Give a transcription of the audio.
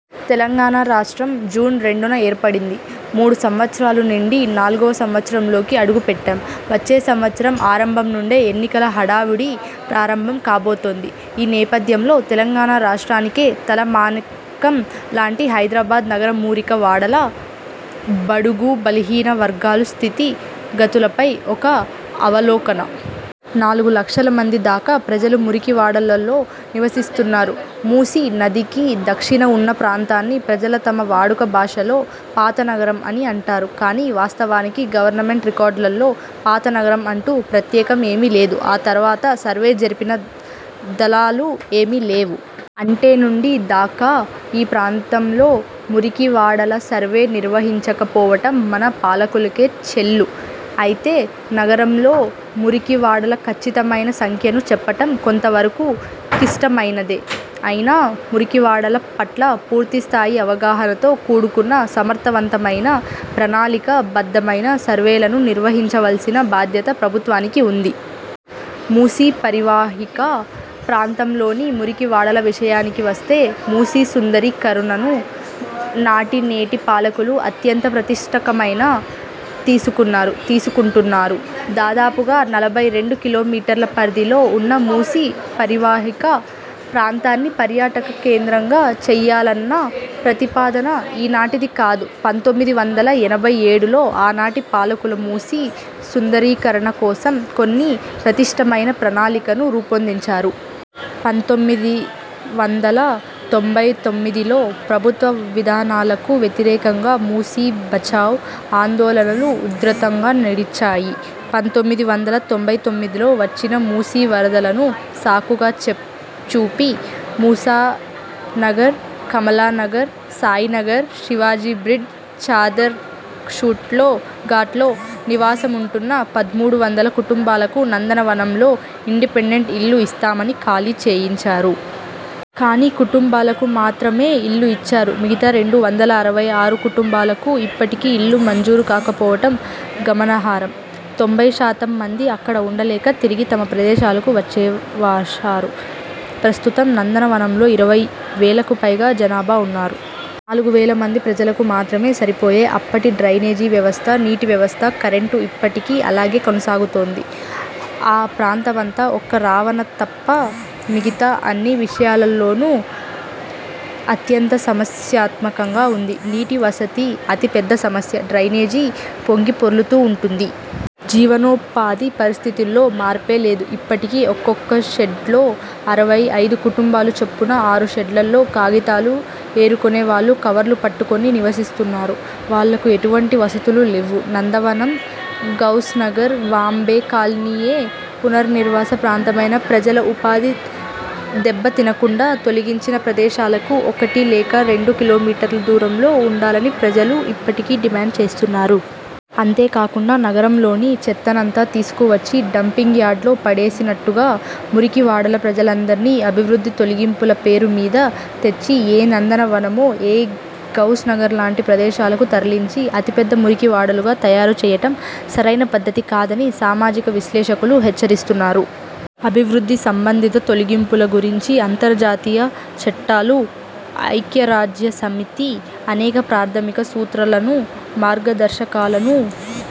తెలంగాణ రాష్ట్రం, జూన్ రెండున ఏర్పడింది. మూడు సంవత్సరాలు నిండి, నాలుగవ సంవత్సరంలోకి అడుగు పెట్టాం. వచ్చే సంవత్సరం ఆరంభం నుండే ఎన్నికల హడా వుడి ప్రారంభం కాబోతోంది. ఈ నేపథ్యంలో తెలంగాణ రాష్ట్రానికే తల మానికం లాంటి హైదరాబాద్ నగర మురికి వాడల, బడుగు, బలహీన వర్గాల స్థితి గతులపై ఒక అవలోకన. నాలుగు లక్షల మంది దాకా ప్రజలు మురికి వాడలలో నివసిస్తున్నారు. మూసీ నదికి దక్షిణాన ఉన్న ప్రాంతాన్ని ప్రజలు తమ వాడుక భాషలో పాత నగరం అని అంటారు కానీ వాస్తవానికి గవర్నమెంట్ రికార్డుల్లో పాత నగరం అంటూ ప్రత్యేకం ఏమీ లేదు. ఆ తర్వాత సర్వే జరిగీన దాలాలు ఏమీ లేవు. అంటే నుండి దాకా ఈ ప్రాంతాల్లో మురికి వాడల సర్వే నిర్వహించక పోవటం మన పాలకులకే చెల్లు. ఐతే, నగరంలో మురికి వాడల ఖచ్చితమైన సంఖ్యను చెప్పటం కొంత వరకు క్లిష్ట మైనదే. ఐనా, మురికివాడల పట్ల పూర్తి స్థాయి అవగాహనతో కూడుకున్న సమర్థవంతమైన, ప్రణాళికా బద్ధమైన సర్వేలను నిర్వహించవలసిన బాధ్యత ప్రభుత్వానికి ఉంది. మూసీ పరివాహక ప్రాంతంలోని మురికి వాడల విషయానికి వస్తే, మూసీ సుందరీ కరణను నాటి నేటి పాలకులు అత్యంత ప్రతిష్ఠాకమయిన తీసుకున్నారు, తీసుకుంటున్నారు. దాదాపుగా నలభై రెండు కిలోమీటర్ల పరిధిలో ఉన్న మూసీ పరివాహక ప్రాంతాన్ని పర్యాటక కేంద్రంగా చెయ్యాలన్న ప్రతిపాదన ఈనాటిది కాదు. పంతొమ్మిది వందల ఎనభై ఏడులో ఆనాటి పాలకులు మూసీ సుందరీకరణ కోసం కొన్ని పటిష్టమైన ప్రణాళికలను రూపొందించారు. పంతొమ్మిది వందల తొంభై తొమ్మిదిలో ప్రభుత్వ విధానాలకు వ్యతిరేకంగా మూసీ బచావ్ ఆందోళనలు ఉధృతంగా నడిచాయి. పంతొమ్మిది వందల తొంభై తొమ్మిదిలో వచ్చిన మూసీ వరదలను సాకుగా చెప్ చూపి ముసానగర్, కమల్ నగర్, సాయినగర్, శివాజీ బ్రిడ్జి, చాదర్ ఘాట్ల ఘాట్లో నివాస ముంటున్న పదమూడు వందల కుటుంబాలకు నందన వనంలో ఇండిపెండెంట్ ఇళ్ళు ఇస్తామని ఖాళీ చేయించారు. కానీ, కుటుంబాలకు మాత్రమే ఇళ్ళు ఇచ్చారు! మిగతా రెండు వందల అరవై ఆరు కుటుంబాలకు ఇప్పటికీ ఇళ్ళు మంజూరు కాకపోవటం గమనాహరం తొంభై శాతం మంది అక్కడ ఉండలేక తిరిగి తమ ప్రదేశాలకు వచ్చేవారుశారు. ప్రస్తుతం నందన వనంలో ఇరవై వేలకు పైగా జనాభా ఉన్నారు. నాలుగు వేల మంది ప్రజలకు మాత్రమే సరిపోయే అప్పటి డ్రైనేజి వ్యవస్థ, నీటి వ్యవస్థ, కరెంటు ఇప్పటికీ అలాగే కొనసాగుతోంది. ఆ ప్రాంతమంతా ఒక్క రవాణా తప్ప మిగతా అన్ని విషయాలలోనూ అత్యంత సమస్యాత్మకంగా ఉంది. నీటి వసతి అతి పెద్ద సమస్య. డ్రైనేజీ పొంగి పొర్లుతూ ఉంటుంది. జీవనో పాధి పరిస్థితిలో మార్పే లేదు. ఇప్పటికీ ఒక్కొక్క షెడ్లో అరవై ఐదు కుటుంబాలు చొప్పున ఆరు షెడ్లలో కాగితాలు ఏరుకునే వాళ్ళు కవర్లు కట్టుకొని నివసిస్తున్నారు. వాళ్ళకు ఎటువంటి వసతులు లేవు. నందనవనం, గౌస్ నగర్, వాంబే కాలనీఏ పునరావాస ప్రాంతమైనా ప్రజల ఉపాధి దెబ్బ తినకుండా, తొలగించిన ప్రదేశాలకు ఒకటి లేక రెండు కిలోమీటర్ల దూరంలో ఉండాలని ప్రజలు ఇప్పటికీ డిమాండ్ చేస్తున్నారు. అంతే కాకుండా, నగరంలోని చెత్తనంతా తీసుకు వచ్చి డంపింగ్ యార్డులో పడవేసినట్టుగా మురికి వాడల ప్రజలందరినీ అభివృద్ధి తొలగింపుల పేరు మీద తెచ్చి ఏ నందన వనమో, ఏ గౌస్ నగరోలాంటి ప్రదేశాలకు తరలించి అతి పెద్ద మురికి వాడలుగా తయారు చేయటం సరైన పద్ధతి కాదని సామాజిక విశ్లేషకులు హెచ్చరిస్తున్నారు. అభివృద్ధి సంబంధిత తొలగింపుల గురించి అంతర్జాతీయ చట్టాలూ, ఐక్యరాజ్య సమితి అనేక ప్రాథమిక సూత్రాలను, మార్గదర్శకాలనూ